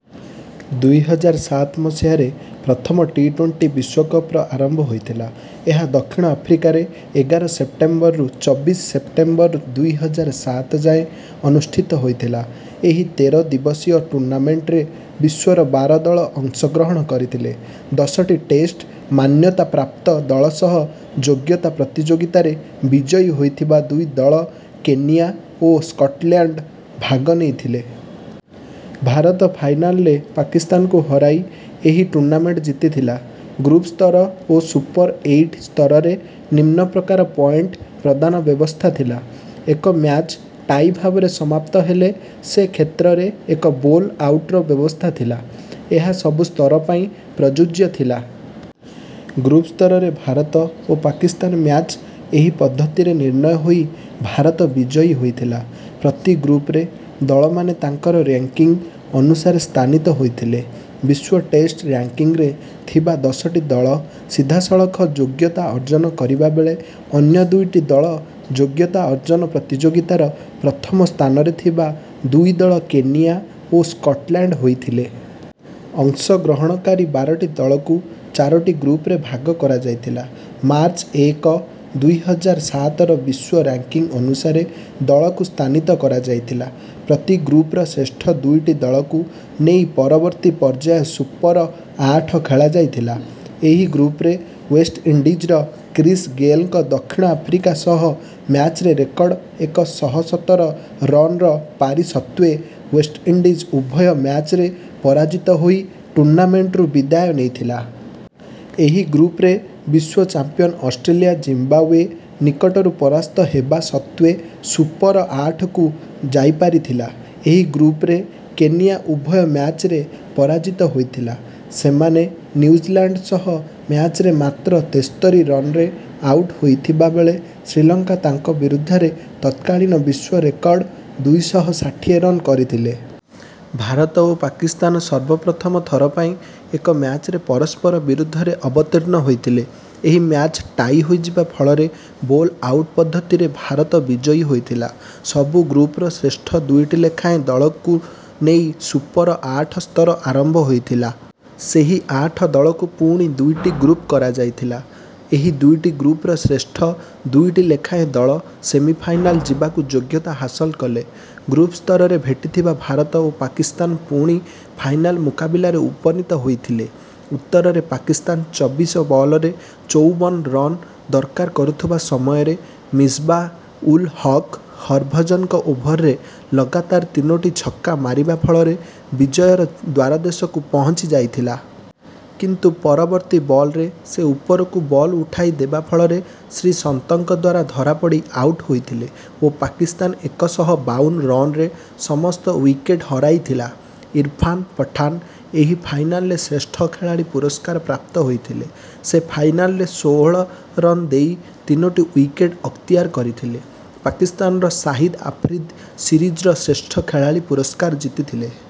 ଦୁଇ ହଜାର ସାତ ମସିହାରେ ପ୍ରଥମ ଟି ଟୋଣ୍ଟି ବିଶ୍ୱକପ୍‌ର ଆରମ୍ଭ ହୋଇଥିଲା। ଏହା ଦକ୍ଷିଣ ଆଫ୍ରିକାରେ ଏଗାର ସେପ୍ଟେମ୍ବରରୁ ଚବିଶ ସେପ୍ଟେମ୍ବର ଦୁଇ ହଜାର ସାତ ଯାଏଁ ଅନୁଷ୍ଠିତ ହୋଇଥିଲା। ଏହି ତେର ଦିବସୀୟ ଟୁର୍ଣ୍ଣାମେଣ୍ଟରେ ବିଶ୍ୱର ବାର ଦଳ ଅଂଶଗ୍ରହଣ କରିଥିଲେ। ଦଶଟି ଟେଷ୍ଟ ମାନ୍ୟତାପ୍ରାପ୍ତ ଦଳ ସହ ଯୋଗ୍ୟତା ପ୍ରତିଯୋଗିତାରେ ବିଜୟୀ ହୋଇଥିବା ଦୁଇ ଦଳ କେନିଆ ଓ ସ୍କଟଲ୍ୟାଣ୍ଡ ଭାଗ ନେଇଥିଲେ। ଭାରତ ଫାଇନାଲ୍‌ରେ ପାକିସ୍ତାନକୁ ହରାଇ ଏହି ଟୁର୍ଣ୍ଣାମେଣ୍ଟ ଜିତିଥିଲା। ଗ୍ରୁପ୍ ସ୍ତର ଓ ସୁପର ଏଇଟ୍ ସ୍ତରରେ ନିମ୍ନ ପ୍ରକାର ପଏଣ୍ଟ ପ୍ରଦାନ ବ୍ୟବସ୍ଥା ଥିଲା। ଏକ ମ୍ୟାଚ୍ ଟାଇ ଭାବରେ ସମାପ୍ତ ହେଲେ ସେ କ୍ଷେତ୍ରରେ ଏକ ବୋଲ୍ ଆଉଟ୍‌ର ବ୍ୟବସ୍ଥା ଥିଲା। ଏହା ସବୁ ସ୍ତର ପାଇଁ ପ୍ରଯୁଜ୍ୟ ଥିଲା। ଗ୍ରୁପ୍ ସ୍ତରରେ ଭାରତ ଓ ପାକିସ୍ତାନ ମ୍ୟାଚ୍ ଏହି ପଦ୍ଧତିରେ ନିର୍ଣ୍ଣୟ ହୋଇ ଭାରତ ବିଜୟୀ ହୋଇଥିଲା। ପ୍ରତି ଗ୍ରୁପ୍‌ରେ ଦଳମାନେ ତାଙ୍କର ର‍୍ୟାଙ୍କିଙ୍ଗ୍ ଅନୁସାରେ ସ୍ଥାନିତ ହୋଇଥିଲେ। ବିଶ୍ୱ ଟେଷ୍ଟ ର‍୍ୟାଙ୍କିଙ୍ଗ୍‌ରେ ଥିବା ଦଶଟି ଦଳ ସିଧାସଳଖ ଯୋଗ୍ୟତା ଅର୍ଜନ କରିବା ବେଳେ ଅନ୍ୟ ଦୁଇଟି ଦଳ ଯୋଗ୍ୟତା ଅର୍ଜନ ପ୍ରତିଯୋଗିତାର ପ୍ରଥମ ସ୍ଥାନରେ ଥିବା ଦୁଇ ଦଳ କେନିଆ ଓ ସ୍କଟଲ୍ୟାଣ୍ଡ ହୋଇଥିଲେ। ଅଂଶଗ୍ରହଣକାରୀ ବାରଟି ଦଳକୁ ଚାରୋଟି ଗ୍ରୁପ୍‌ରେ ଭାଗ କରାଯାଇଥିଲା। ମାର୍ଚ୍ଚ ଏକ, ଦୁଇ ହଜାର ସାତର ବିଶ୍ୱ ର‍୍ୟାଙ୍କିଙ୍ଗ୍ ଅନୁସାରେ ଦଳକୁ ସ୍ଥାନିତ କରାଯାଇଥିଲା। ପ୍ରତି ଗ୍ରୁପ୍‌ର ଶ୍ରେଷ୍ଠ ଦୁଇଟି ଦଳକୁ ନେଇ ପରବର୍ତ୍ତୀ ପର୍ଯ୍ୟାୟ ସୁପର ଆଠ ଖେଳାଯାଇଥିଲା। ଏହି ଗ୍ରୁପ୍‌ରେ ୱେଷ୍ଟଇଣ୍ଡିଜ୍‌ର କ୍ରିସ୍ ଗେଲ୍‌ଙ୍କ ଦକ୍ଷିଣ ଆଫ୍ରିକା ସହ ମ୍ୟାଚ୍‌ରେ ରେକର୍ଡ ଏକ ଶହ ସତର ରନ୍‌ର ପାରି ସତ୍ତ୍ୱେ ୱେଷ୍ଟଇଣ୍ଡିଜ୍ ଉଭୟ ମ୍ୟାଚ୍‌ରେ ପରାଜିତ ହୋଇ ଟୁର୍ଣ୍ଣାମେଣ୍ଟରୁ ବିଦାୟ ନେଇଥିଲା। ଏହି ଗ୍ରୁପ୍‌ରେ ବିଶ୍ୱ ଚାମ୍ପିଅନ୍ ଅଷ୍ଟ୍ରେଲିଆ ଜିମ୍ବାୱେ ନିକଟରୁ ପରାସ୍ତ ହେବା ସତ୍ତ୍ୱେ ସୁପର ଆଠକୁ ଯାଇପାରିଥିଲା। ଏହି ଗ୍ରୁପ୍‌ରେ କେନିଆ ଉଭୟ ମ୍ୟାଚ୍‌ରେ ପରାଜିତ ହୋଇଥିଲା। ସେମାନେ ନ୍ୟୁଜିଲାଣ୍ଡ ସହ ମ୍ୟାଚ୍‌ରେ ମାତ୍ର ତେସ୍ତରୀ ରନ୍‌ରେ ଆଉଟ୍ ହୋଇଥିବା ବେଳେ ଶ୍ରୀଲଙ୍କା ତାଙ୍କ ବିରୁଦ୍ଧରେ ତତ୍କାଳୀନ ବିଶ୍ୱ ରେକର୍ଡ ଦୁଇ ଶହ ଷାଠିଏ ରନ୍ କରିଥିଲେ। ଭାରତ ଓ ପାକିସ୍ତାନ ସର୍ବପ୍ରଥମ ଥର ପାଇଁ ଏକ ମ୍ୟାଚ୍‌ରେ ପରସ୍ପର ବିରୁଦ୍ଧରେ ଅବତୀର୍ଣ୍ଣ ହୋଇଥିଲେ। ଏହି ମ୍ୟାଚ୍ ଟାଇ ହୋଇଯିବା ଫଳରେ ବୋଲ୍ ଆଉଟ୍ ପଦ୍ଧତିରେ ଭାରତ ବିଜୟୀ ହୋଇଥିଲା। ସବୁ ଗ୍ରୁପ୍‌ର ଶ୍ରେଷ୍ଠ ଦୁଇଟି ଲେଖାଏଁ ଦଳକୁ ନେଇ ସୁପର ଆଠ ସ୍ତର ଆରମ୍ଭ ହୋଇଥିଲା। ସେହି ଆଠ ଦଳକୁ ପୁଣି ଦୁଇଟି ଗ୍ରୁପ୍ କରାଯାଇଥିଲା। ଏହି ଦୁଇଟି ଗ୍ରୁପ୍‌ର ଶ୍ରେଷ୍ଠ ଦୁଇଟି ଲେଖାଏଁ ଦଳ ସେମିଫାଇନାଲ୍ ଯିବାକୁ ଯୋଗ୍ୟତା ହାସଲ କଲେ। ଗ୍ରୁପ୍ ସ୍ତରରେ ଭେଟିଥିବା ଭାରତ ଓ ପାକିସ୍ତାନ ପୁଣି ଫାଇନାଲ୍ ମୁକାବିଲାରେ ଉପନୀତ ହୋଇଥିଲେ। ଉତ୍ତରରେ ପାକିସ୍ତାନ ଚବିଶ ବଲ୍‌ରେ ଚଉବନ ରନ୍ ଦରକାର କରୁଥୁବା ସମୟରେ ମିସବା ଉଲ୍ ହକ୍ ହରଭଜନଙ୍କ ଓଭର୍‌ରେ ଲଗାତାର ତିନୋଟି ଛକା ମାରିବା ଫଳରେ ବିଜୟର ଦ୍ୱାରଦେଶକୁ ପହଞ୍ଚି ଯାଇଥିଲା। କିନ୍ତୁ ପରବର୍ତ୍ତୀ ବଲ୍‌ରେ ସେ ଉପରକୁ ବଲ୍ ଉଠାଇ ଦେବା ଫଳରେ ଶ୍ରୀସନ୍ତଙ୍କ ଦ୍ୱାରା ଧରାପଡ଼ି ଆଉଟ୍ ହୋଇଥିଲେ ଓ ପାକିସ୍ତାନ ଏକ ଶହ ବାଉନ ରନ୍‌ରେ ସମସ୍ତ ୱିକେଟ୍ ହରାଇଥିଲା। ଇରଫାନ୍ ପଠାନ ଏହି ଫାଇନାଲ୍‌ରେ ଶ୍ରେଷ୍ଠ ଖେଳାଳି ପୁରସ୍କାର ପ୍ରାପ୍ତ ହୋଇଥିଲେ। ସେ ଫାଇନାଲ୍‌ରେ ଷୋହଳ ରନ୍ ଦେଇ ତିନୋଟି ୱିକେଟ୍ ଅକ୍ତିଆର କରିଥିଲେ। ପାକିସ୍ତାନର ସାହିଦ୍ ଆଫ୍ରିଦି ସିରିଜ୍‌ର ଶ୍ରେଷ୍ଠ ଖେଳାଳି ପୁରସ୍କାର ଜିତିଥିଲେ।